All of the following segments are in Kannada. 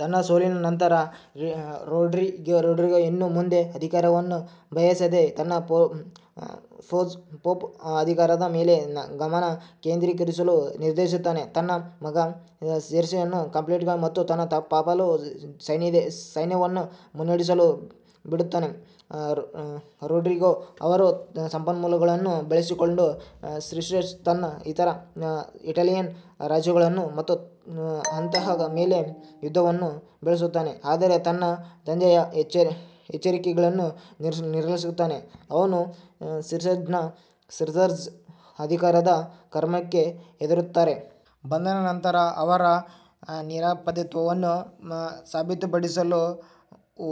ತನ್ನ ಸೋಲಿನ ನಂತರ, ರೊಡ್ರಿಗೋ, ಇನ್ನು ಮುಂದೆ ಅಧಿಕಾರವನ್ನು ಬಯಸದೆ, ತನ್ನ ಪೋಪ್ ಅಧಿಕಾರದ ಮೇಲೆ ಗಮನ ಕೇಂದ್ರೀಕರಿಸಲು ನಿರ್ಧರಿಸುತ್ತಾನೆ, ತನ್ನ ಮಗ ಸಿಸೇರ್ನನ್ನು ಟೆಂಪ್ಲರ್ಗಳು ಮತ್ತು ಪಾಪಲ್ ಸೈನ್ಯವನ್ನು ಮುನ್ನಡೆಸಲು ಬಿಡುತ್ತಾನೆ. ರೊಡ್ರಿಗೋ ಅವರ ಸಂಪನ್ಮೂಲಗಳನ್ನು ಬಳಸಿಕೊಂಡು, ಸಿಸೇರ್ ಇತರ ಇಟಾಲಿಯನ್ ರಾಜ್ಯಗಳು ಮತ್ತು ಹಂತಕರ ಮೇಲೆ ಯುದ್ಧವನ್ನು ನಡೆಸುತ್ತಾನೆ, ಆದರೆ ತನ್ನ ತಂದೆಯ ಎಚ್ಚರಿಕೆಗಳನ್ನು ನಿರ್ಲಕ್ಷಿಸುತ್ತಾನೆ, ಅವರು ಸಿಸೇರ್ನ ಅಧಿಕಾರದ ಕಾಮಕ್ಕೆ ಹೆದರುತ್ತಾರೆ. ಬಂಧನದ ನಂತರ, ಅವರ ನಿರಪರಾಧಿತ್ವವನ್ನು ಸಾಬೀತುಪಡಿಸಲು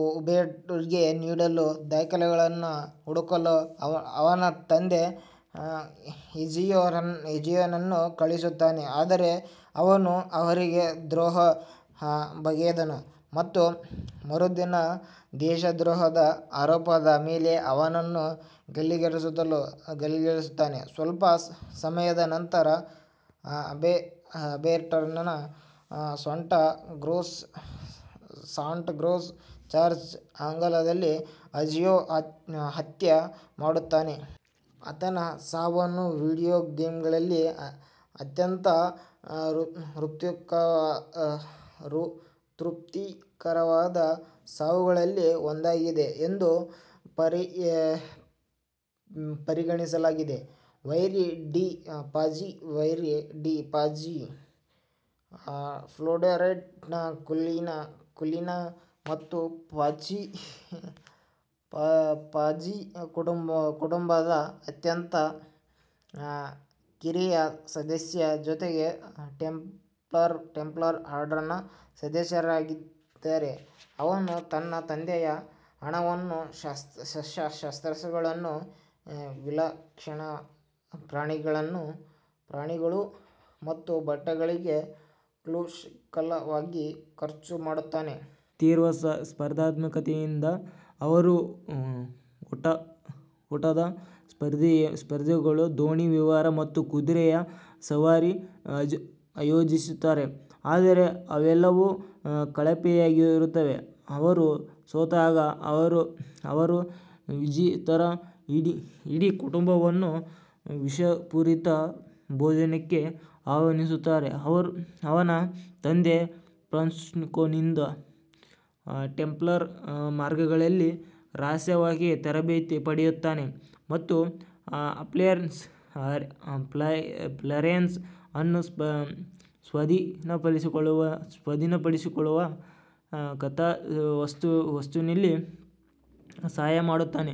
ಉಬೆರ್ಟೋಗೆ ನೀಡಲು ದಾಖಲೆಗಳನ್ನು ಹುಡುಕಲು ಅವನ ತಂದೆ ಎಜಿಯೊನನ್ನು ಕಳುಹಿಸುತ್ತಾನೆ, ಆದರೆ ಅವನು ಅವರಿಗೆ ದ್ರೋಹ ಬಗೆದನು ಮತ್ತು ಮರುದಿನ ದೇಶದ್ರೋಹದ ಆರೋಪದ ಮೇಲೆ ಅವರನ್ನು ಗಲ್ಲಿಗೇರಿಸುತ್ತಾನೆ. ಸ್ವಲ್ಪ ಸಮಯದ ನಂತರ, ಉಬೆರ್ಟೊನನ್ನು ಸಾಂಟಾ ಕ್ರೋಸ್ ಚರ್ಚ್ನ ಅಂಗಳದಲ್ಲಿ ಈಜಿಯೊ ಹತ್ಯೆ ಮಾಡುತ್ತಾನೆ. ಆತನ ಸಾವನ್ನು ವಿಡಿಯೋ ಗೇಮ್ಗಳಲ್ಲಿ ಅತ್ಯಂತ ತೃಪ್ತಿಕರವಾದ ಸಾವುಗಳಲ್ಲಿ ಒಂದಾಗಿದೆ ಎಂದು ಪರಿಗಣಿಸಲಾಗಿದೆ. ವೈರಿ ಡಿ 'ಪಾಜಿ ವೈರಿ ಡಿ' ಪಾಜಿ ಫ್ಲೋರೆಂಟೈನ್ ಕುಲೀನ ಮತ್ತು ಪಾಜಿ ಕುಟುಂಬದ ಅತ್ಯಂತ ಕಿರಿಯ ಸದಸ್ಯ, ಜೊತೆಗೆ ಟೆಂಪ್ಲರ್ ಆರ್ಡರ್ನ ಸದಸ್ಯರಾಗಿದ್ದಾರೆ. ಅವನು ತನ್ನ ತಂದೆಯ ಹಣವನ್ನು ಶಸ್ತ್ರಾಸ್ತ್ರಗಳು, ವಿಲಕ್ಷಣ ಪ್ರಾಣಿಗಳು ಮತ್ತು ಬಟ್ಟೆಗಳಿಗೆ ಕ್ಷುಲ್ಲಕವಾಗಿ ಖರ್ಚು ಮಾಡುತ್ತಾನೆ. ತೀವ್ರ ಸ್ಪರ್ಧಾತ್ಮಕತೆಯಿಂದ, ಅವರು ಓಟದ ಸ್ಪರ್ಧೆಗಳು, ದೋಣಿ ವಿಹಾರ ಮತ್ತು ಕುದುರೆ ಸವಾರಿಗಳನ್ನು ಆಯೋಜಿಸುತ್ತಾರೆ, ಆದರೆ ಅವೆಲ್ಲವೂ ಕಳಪೆಯಾಗಿರುತ್ತವೆ; ಅವರು ಸೋತಾಗ, ಅವರು ವಿಜೇತರ ಇಡೀ ಕುಟುಂಬವನ್ನು ವಿಷಪೂರಿತ ಭೋಜನಕ್ಕೆ ಆಹ್ವಾನಿಸುತ್ತಾರೆ. ಅವನ ತಂದೆ ಫ್ರಾನ್ಸೆಸ್ಕೊನಿಂದ ಟೆಂಪ್ಲರ್ ಮಾರ್ಗಗಳಲ್ಲಿ ರಹಸ್ಯವಾಗಿ ತರಬೇತಿ ಪಡೆಯುತ್ತಾನೆ ಮತ್ತು ಫ್ಲಾರೆನ್ಸ್ ಅನ್ನು ಸ್ವಾಧೀನಪಡಿಸಿಕೊಳ್ಳುವ ಕಥಾವಸ್ತುವಿನಲ್ಲಿ ಸಹಾಯ ಮಾಡುತ್ತಾನೆ.